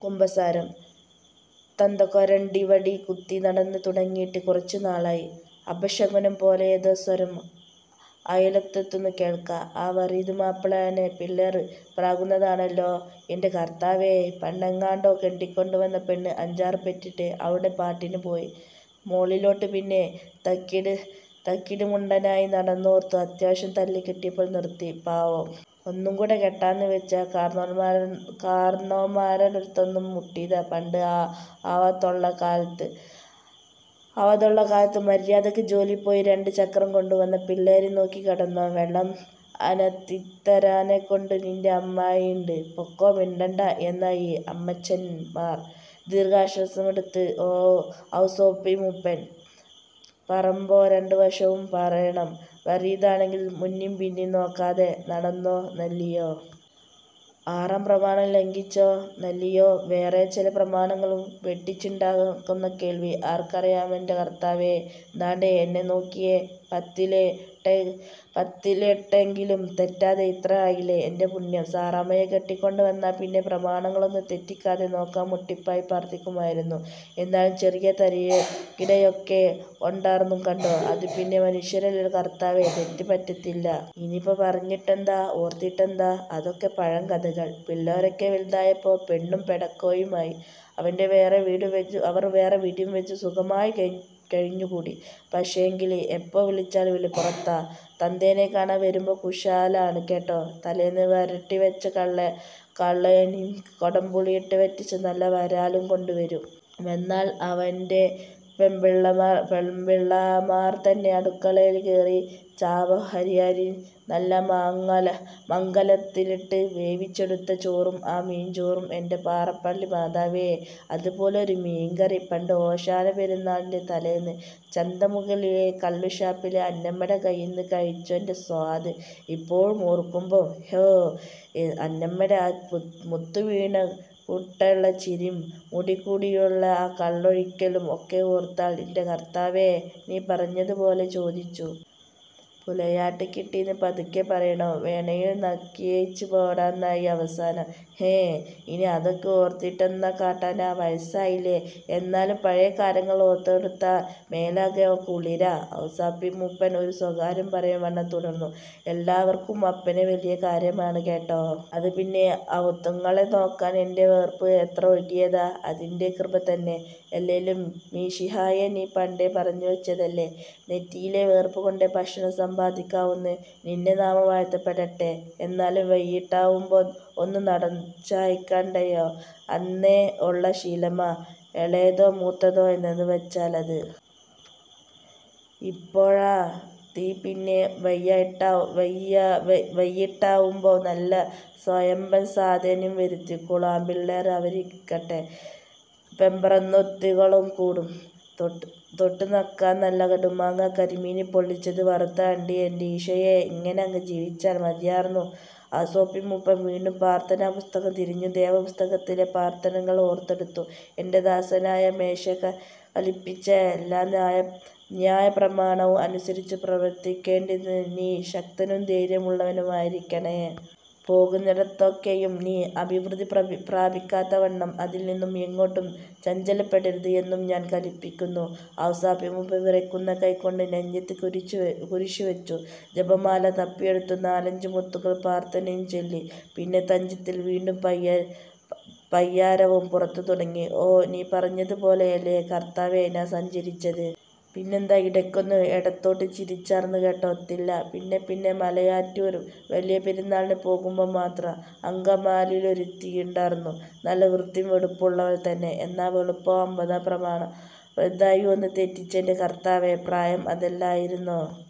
കുമ്പസാരം " തന്തക്കൊരണ്ടി വടീംകുത്തി നടന്നുതുടങ്ങീട്ട് കുറച്ചുനാളായി ". അപശകുനം പോലെയേതോ സ്വരം അയലോത്തുന്നു കേൾക്കാം. ആ വറീത് മാപ്പ്ളേനെ പിള്ളേർ പ്രാകുന്നതാണല്ലോ എന്‍റെ കർത്താവേ! പണ്ടെങ്ങാണ്ടോ കെട്ടിക്കൊണ്ടുവന്ന പെണ്ണ് അഞ്ചാറുപെറ്റിട്ട് അവളുടെ പാട്ടിനുപോയി, മേളിലോട്ട്. പിന്നെ തക്കിടിമുണ്ടനായി നടന്നാർന്നു, അത്യാവശ്യം തല്ല്കിട്ടിയപ്പോ നിർത്തി. പാവം. ഒന്നൂടെ കെട്ടാംന്ന് വച്ച് കാർന്നോമാരടടുത്തൊന്നു മുട്ടീതാ, പണ്ട് അവനൊള്ള കാലത്ത് ആവതൊള്ളകാലത്ത്! " മര്യാതയ്ക്ക് ജോലിക്ക് പോയി രണ്ടു ചക്രോം കൊണ്ടുവന്നു പിള്ളേരേം നോക്കി കെടന്നോ. വെള്ളം അനത്തിത്തരാനക്കൊണ്ട് നിന്‍റെ അമ്മായീണ്ട്. പൊക്കോ, മിണ്ടാണ്ടെ '', എന്നായി അമ്മാച്ചന്‍മാര്‍. ദീർഘശ്വാസമെടുത്തു ഔസേപ്പിമൂപ്പൻ. പറേമ്പോ രണ്ടുവശവും പറേണം. വറീതാണെങ്കി മുന്നംപിന്നം നോക്കാതെ നടന്നോനല്ലിയോ. ആറാംപ്രമാണം ലംഘിച്ചോനല്ലിയോ. വേറേം ചെല പ്രമാണങ്ങളും വെട്ടിച്ചിട്ടൊണ്ടെന്നാ കേൾവി. ആർക്കറിയാമെന്‍റെ കർത്താവേ. ദാണ്ടേ, എന്നെ നോക്കിയേ, പത്തിലെട്ടെങ്കിലും തെറ്റാതെ ഇത്രേം ആയില്ലേ. എന്‍റെ പുണ്യം. സാറാമ്മയെ കെട്ടിക്കൊണ്ട് വന്നേപ്പിന്നെ പ്രമാണങ്ങളൊന്നും തെറ്റിക്കാതെ നോക്കാൻ മുട്ടിപ്പായി പ്രാർത്ഥിക്കുമായിരുന്നു. എന്നാലും ചെറിയ തരികിടയൊക്കെ ഒണ്ടാർന്നൂന്നു കണ്ടോ. അതുപിന്നെ മനുഷ്യമ്മാരല്യോ കർത്താവേ തെറ്റ് പറ്റത്തില്ല്യോ? " ഇനീപ്പം പറഞ്ഞിട്ടെന്താ, ഓർത്തിട്ടെന്താ. അതൊക്കെ പഴംകഥകള്‍. പിള്ളേരൊക്കെ വല്തായപ്പോ പെണ്ണും പെടക്കോഴീമായി. അവര്‍ വേറെ വീടും വച്ച് സുഖായി കഴിഞ്ഞുകൂടി, പക്ഷേങ്കില്, എപ്പോ വിളിച്ചാലും വിളിപ്പുറത്താ. തന്തേനെ കാണാൻ വരുമ്പം കുശാലാണ് കേട്ടാ. തലേന്ന് വരട്ടിവച്ച കാളേനേം കൊടംപുളിയിട്ട് വറ്റിച്ച നല്ല വരാലും കൊണ്ട് വരും. വന്നാല്‍ അവനോന്‍റെ പെമ്പിളമാർ തന്നെ അടുക്കളേല് കേറി ചമ്പാവരിയരി നല്ല മങ്കലത്തിലിട്ട് വേവിച്ചെടുത്ത ചോറും ആ മീൻചാറും, എന്‍റെ പാറേപ്പള്ളി മാതാവേ, അതുപോലൊരു മീൻകറി പണ്ട് ഓശാനപെരുന്നാളിന്‍റെ തലേന്ന്, ചന്തമുക്കിലെ കള്ളുഷാപ്പിലെ അന്നമ്മേടെ കയ്യീന്ന് കഴിച്ചേന്റെ സ്വാദ്! ഇപ്പോഴും ഓർക്കുമ്പം, ഹോ! അന്നമ്മേടെ ആ മുത്തുവീഴണകൂട്ടൊള്ള ചിരീം മുട്ടിക്കൂടിയൊള്ള ആ കള്ളൊഴിക്കലും ഒക്കെ ഓർത്താൽ ന്‍റെ കർത്താവേ, നീ പറഞ്ഞത് പോലെ, ചോദിച്ചു. പുലയാട്ട് കിട്ടീന്ന് പതുക്കെ പറയണാ. വേണേൽ നക്കിയേച്ച് പോടാന്നായി അവസാനം. ങ്ഹാ, ഇനി അതൊക്ക ഓർത്തിട്ടെന്നാ കാട്ടാനാ. വയസ്സായില്യോ, എന്നാലും പഴേ കാര്യങ്ങള് ഓർത്തെടുത്താൽ മേലാകെ ഒരു കുളിരാ ". ഔസേപ്പി മൂപ്പൻ ഒരു സ്വകാര്യം പറയുംവണ്ണം തുടർന്നു. " എല്ലാർക്കും അപ്പനെ വലിയ കാര്യാണ് കേട്ടാ. അതുപിന്നെ അവുത്തുങ്ങളെ നോക്കാൻ എന്‍റെ വേർപ്പ് എത്ര ഒഴുക്കീതാ. അതിന്‍റെ കൃപതന്നെ. അല്ലേലും മിശിഹായേ നീ പണ്ടേ പറഞ്ഞുവച്ചതല്ലേ, നെറ്റിയിലെ വേർപ്പുകൊണ്ടേ ഭക്ഷണം സമ്പാദിക്കാവൂന്ന്. നിന്‍റെ നാമം വാഴ്ത്തപ്പെടട്ടെ. എന്നാലും വയ്യിട്ടാവുമ്പം ഒന്നു നടു ചായ്ക്കണ്ടായോ? അന്നേ ഒള്ള ശീലമാ, എളേതോ മൂത്തതോ എന്താന്ന് വച്ചാലത്. ഇപ്പോഴായതീപിന്നെ വയ്യിട്ടാവുമ്പം നല്ല സൊയമ്പൻ സാധനോം വരുത്തിക്കും ആമ്പിള്ളേർ. അവരിക്കടെ പെമ്പറൊന്നോത്തികളും കൂടും. തൊട്ട്നക്കാൻ നല്ല കടുമാങ്ങ, കരിമീൻ പൊള്ളിച്ചത്, വറുത്ത അണ്ടി, എന്റീശോയേ ഇങ്ങനെ അങ്ങു ജീവിച്ചാൽ മതിയാർന്നു ". ഔസേപ്പിമൂപ്പൻ വീണ്ടും പ്രാർത്ഥനാപുസ്തകം തിരഞ്ഞു. വേദപുസ്തകത്തിലെ പ്രാർത്ഥനകൾ ഓർത്തെടുത്തു. " എന്‍റെ ദാസനായ മോശെ കല്പിച്ച എല്ലാ ന്യായപ്രമാണവും അനുസരിച്ചു പ്രവർത്തിക്കേണ്ടതിന്നു നീ ശക്തനും ധൈര്യവുമുള്ളവനായിരിക്കേണം. പോകുന്നിടത്തൊക്കെയും നീ അഭിവൃദ്ധി പ്രാപിക്കത്തക്കവണ്ണം അതിൽനിന്നു എങ്ങോട്ടും ചഞ്ചലപ്പെടരുത് എന്നും ഞാൻ കല്പിക്കുന്നു ". ഔസേപ്പിമൂപ്പൻ വിറയ്ക്കുന്ന കൈകൊണ്ട് നെഞ്ചത്തു കുരിശുവരച്ചു. ജപമാല തപ്പിയെടുത്തു നാലഞ്ചു മുത്തുകളിൽ പ്രാർത്ഥനയും ചൊല്ലി. പിന്നെ തഞ്ചത്തിൽ വീണ്ടും പയ്യാരവും പറഞ്ഞു തുടങ്ങി. " ഓ, നീ പറഞ്ഞത്പോലെ അല്ലിയോ കർത്താവേ ഞാൻ സഞ്ചരിച്ചത്! പിന്നെന്താ, ഇടയ്ക്കൊന്നു എടത്തോട്ട് ചരിഞ്ഞാർന്നു കേട്ടാ. ഒത്തില്ല. പിന്നെപ്പിന്നെ, മലയാറ്റൂര്‍ വലിയപെരുന്നാളിന് പോകുമ്പം മാത്രം, അങ്കമാലീലൊരുത്തി ഒണ്ടാർന്നു. നല്ല വൃത്തീം വെടിപ്പും ഒള്ളവൾ തന്നെ. എന്നാ വെളുപ്പാ, ഒമ്പതാം പ്രമാണം ചെറുതായി ഒന്നു തെറ്റിച്ചെന്റെ കർത്താവേ. പ്രായം അതല്ലായിരുന്നോ.